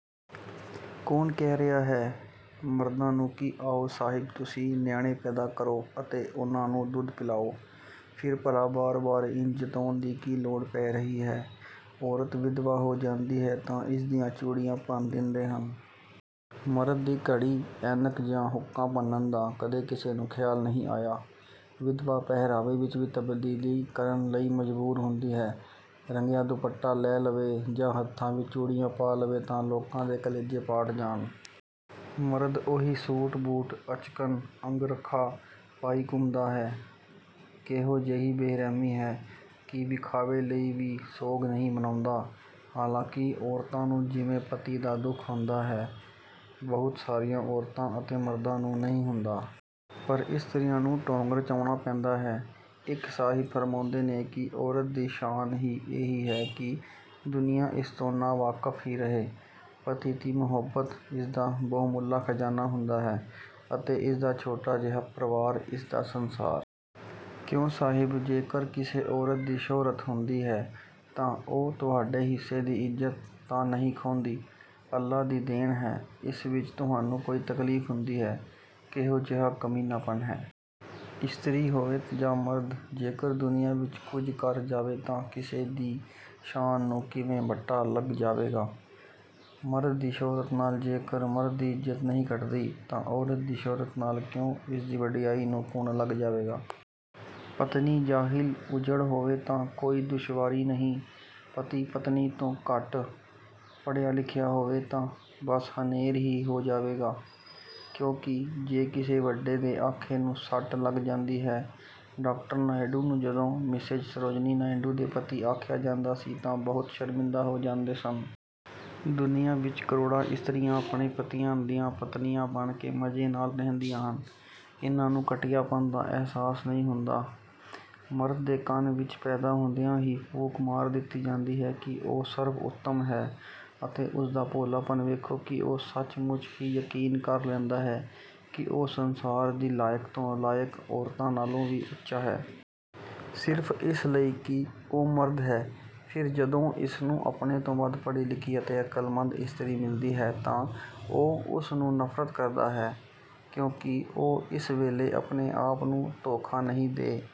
ਕੌਣ ਕਹਿ ਰਿਹਾ ਹੈ ਮਰਦਾਂ ਨੂੰ ਕਿ ਆਓ ਸਾਹਿਬ ਤੁਸੀਂ ਨਿਆਣੇ ਪੈਦਾ ਕਰੋ ਅਤੇ ਉਹਨਾਂ ਨੂੰ ਦੁੱਧ ਪਿਲਾਓ। ਫਿਰ ਭਲਾ ਬਾਰ-ਬਾਰ ਇੰਝ ਜਤਾਉਣ ਦੀ ਕੀ ਲੋੜ ਪੈ ਰਹੀ ਹੈ? ਔਰਤ ਵਿਧਵਾ ਹੋ ਜਾਂਦੀ ਹੈ ਤਾਂ ਇਸਦੀਆਂ ਚੂੜੀਆਂ ਭੰਨ ਦਿੰਦੇ ਹਨ। ਮਰਦ ਦੀ ਘੜੀ, ਐਨਕ ਜਾਂ ਹੁੱਕਾ ਭੰਨਣ ਦਾ ਕਦੇ ਕਿਸੇ ਨੂੰ ਖਿਆਲ ਨਹੀਂ ਆਇਆ। ਵਿਧਵਾ ਪਹਿਰਾਵੇ ਵਿੱਚ ਵੀ ਤਬਦੀਲੀ ਕਰਨ ਲਈ ਮਜਬੂਰ ਹੁੰਦੀ ਹੈ। ਰੰਗਿਆ ਦੁਪੱਟਾ ਲੈ ਲਵੇ ਜਾਂ ਹੱਥਾਂ ਵਿੱਚ ਚੂੜੀਆਂ ਪਾ ਲਵੇ ਤਾਂ ਲੋਕਾਂ ਦੇ ਕਲੇਜੇ ਪਾਟ ਜਾਣ। ਮਰਦ ਉਹੀ ਸੂਟ-ਬੂਟ, ਅਚਕਨ, ਅੰਗਰਖਾ ਪਾਈ ਘੁੰਮਦਾ ਹੈ। ਕਿਹੋ ਜਿਹੀ ਬੇ-ਰਹਿਮੀ ਹੈ ਕਿ ਵਿਖਾਵੇ ਲਈ ਵੀ ਸੋਗ ਨਹੀਂ ਮਨਾਉਂਦਾ। ਹਾਲਾਂਕਿ ਔਰਤਾਂ ਨੂੰ ਜਿਵੇਂ ਪਤੀ ਦਾ ਦੁੱਖ ਹੁੰਦਾ ਹੈ। ਬਹੁਤ ਸਾਰੀਆਂ ਔਰਤਾਂ ਅਤੇ ਮਰਦਾਂ ਨੂੰ ਨਹੀਂ ਹੁੰਦਾ। ਪਰ ਇਸਤਰੀਆਂ ਨੂੰ ਢੋਂਗ ਰਚਾਉਣਾ ਪੈਂਦਾ ਹੈ। ਇੱਕ ਸਾਹਿਬ ਫ਼ਰਮਾਉਂਦੇ ਨੇ ਕਿ 'ਔਰਤ ਦੀ ਸ਼ਾਨ ਹੀ ਇਹੀ ਹੈ ਕਿ ਦੁਨੀਆਂ ਇਸਤੋਂ ਨਾ-ਵਾਕਫ਼ ਹੀ ਰਹੇ। ਪਤੀ ਦੀ ਮੁਹੱਬਤ ਇਸਦਾ ਬਹੁ-ਮੁੱਲਾ ਖ਼ਜ਼ਾਨਾ ਹੁੰਦਾ ਹੈ ਅਤੇ ਇਸਦਾ ਛੋਟਾ ਜਿਹਾ ਪਰਿਵਾਰ ਇਸਦਾ ਸੰਸਾਰ।' ਕਿਉਂ ਸਾਹਿਬ! ਜੇਕਰ ਕਿਸੇ ਔਰਤ ਦੀ ਸ਼ੋਹਰਤ ਹੁੰਦੀ ਹੈ ਤਾਂ ਉਹ ਤੁਹਾਡੇ ਹਿੱਸੇ ਦੀ ਇਜ਼ਤ ਤਾਂ ਨਹੀਂ ਖੋਹੰਦੀ। ਅੱਲ੍ਹਾ ਦੀ ਦੇਣ ਹੈ। ਇਸ ਵਿੱਚ ਤੁਹਾਨੂੰ ਕਿਉਂ ਤਕਲੀਫ਼ ਹੁੰਦੀ ਹੈ? ਕਿਹੋ ਜਿਹਾ ਕਮੀਨਾਪਨ ਹੈ। ਇਸਤਰੀ ਹੋਵੇ ਜਾਂ ਮਰਦ, ਜੇਕਰ ਦੁਨੀਆ ਵਿੱਚ ਕੁਝ ਕਰ ਜਾਵੇ ਤਾਂ ਕਿਸੇ ਦੀ ਸ਼ਾਨ ਨੂੰ ਕਿਵੇਂ ਬੱਟਾ ਲੱਗ ਜਾਵੇਗਾ। ਮਰਦ ਦੀ ਸ਼ੋਹਰਤ ਨਾਲ ਜੇਕਰ ਮਰਦ ਦੀ ਇਜ਼ਤ ਨਹੀਂ ਘੱਟਦੀ ਤਾਂ ਔਰਤ ਦੀ ਸ਼ੋਹਰਤ ਨਾਲ ਕਿਉਂ ਇਸਦੀ ਵਡਿਆਈ ਨੂੰ ਘੁਣ ਲੱਗ ਜਾਵੇਗਾ। ਪਤਨੀ ਜਾਹਿਲ-ਉਜੱਡ ਹੋਵੇ ਤਾਂ ਕੋਈ ਦੁਸ਼ਵਾਰੀ ਨਹੀਂ। ਪਤੀ, ਪਤਨੀ ਤੋਂ ਘੱਟ ਪੜ੍ਹਿਆ-ਲਿਖਿਆ ਹੋਵੇ ਤਾਂ ਬਸ ਹਨੇਰ ਹੀ ਆ ਜਾਵੇਗਾ। ਕਿਉਂ ਜੋ ਕਿਸੇ ਵੱਡੇ ਦੇ ਆਖੇ ਨੂੰ ਸੱਟ ਲੱਗ ਜਾਂਦੀ ਹੈ। ਡਾਕਟਰ ਨਾਇਡੂ ਨੂੰ ਜਦੋਂ 'ਮਿਸੇਜ਼ ਸਰੋਜਨੀ ਨਾਇਡੂ ਦੇ ਪਤੀ' ਆਖਿਆ ਜਾਂਦਾ ਸੀ ਤਾਂ ਬਹੁਤ ਸ਼ਰਮਿੰਦਾ ਹੋ ਜਾਂਦੇ ਸਨ। ਦੁਨੀਆਂ ਵਿੱਚ ਕਰੋੜਾਂ ਇਸਤਰੀਆਂ ਆਪਣੇ ਪਤੀਆਂ ਦੀਆਂ ਪਤਨੀਆਂ ਬਣ ਕੇ ਮਜ਼ੇ ਨਾਲ ਰਹਿੰਦੀਆਂ ਹਨ। ਇਹਨਾਂ ਨੂੰ ਘਟੀਆਪਨ ਦਾ ਅਹਿਸਾਸ ਨਹੀਂ ਹੁੰਦਾ। ਮਰਦ ਦੇ ਕੰਨ ਵਿੱਚ ਪੈਦਾ ਹੁੰਦਿਆਂ ਹੀ ਫੂਕ ਮਾਰ ਦਿੱਤੀ ਜਾਂਦੀ ਹੈ ਕਿ ਉਹ ਸਰਵ-ਉੱਤਮ ਹੈ ਅਤੇ ਉਸਦਾ ਭੋਲਾਪਨ ਵੇਖੋ ਕਿ ਉਹ ਸੱਚ-ਮੁੱਚ ਹੀ ਯਕੀਨ ਕਰ ਲੈਂਦਾ ਹੈ ਕਿ ਉਹ ਸੰਸਾਰ ਦੀ ਲਾਇਕ ਤੋਂ ਲਾਇਕ ਔਰਤ ਨਾਲੋਂ ਵੀ ਉੱਚਾ ਹੈ। ਸਿਰਫ਼ ਇਸ ਲਈ ਕਿ ਉਹ ਮਰਦ ਹੈ। ਫਿਰ ਜਦੋਂ ਇਸਨੂੰ ਆਪਣੇ ਤੋਂ ਵੱਧ ਪੜ੍ਹੀ-ਲਿਖੀ ਅਤੇ ਅਕਲਮੰਦ ਇਸਤਰੀ ਮਿਲਦੀ ਹੈ ਤਾਂ ਉਹ ਉਸ ਨੂੰ ਨਫ਼ਰਤ ਕਰਦਾ ਹੈ। ਕਿਉਂਕਿ ਉਹ ਇਸ ਵੇਲੇ ਆਪਣੇ ਆਪ ਨੂੰ ਧੋਖਾ ਨਹੀਂ ਦੇ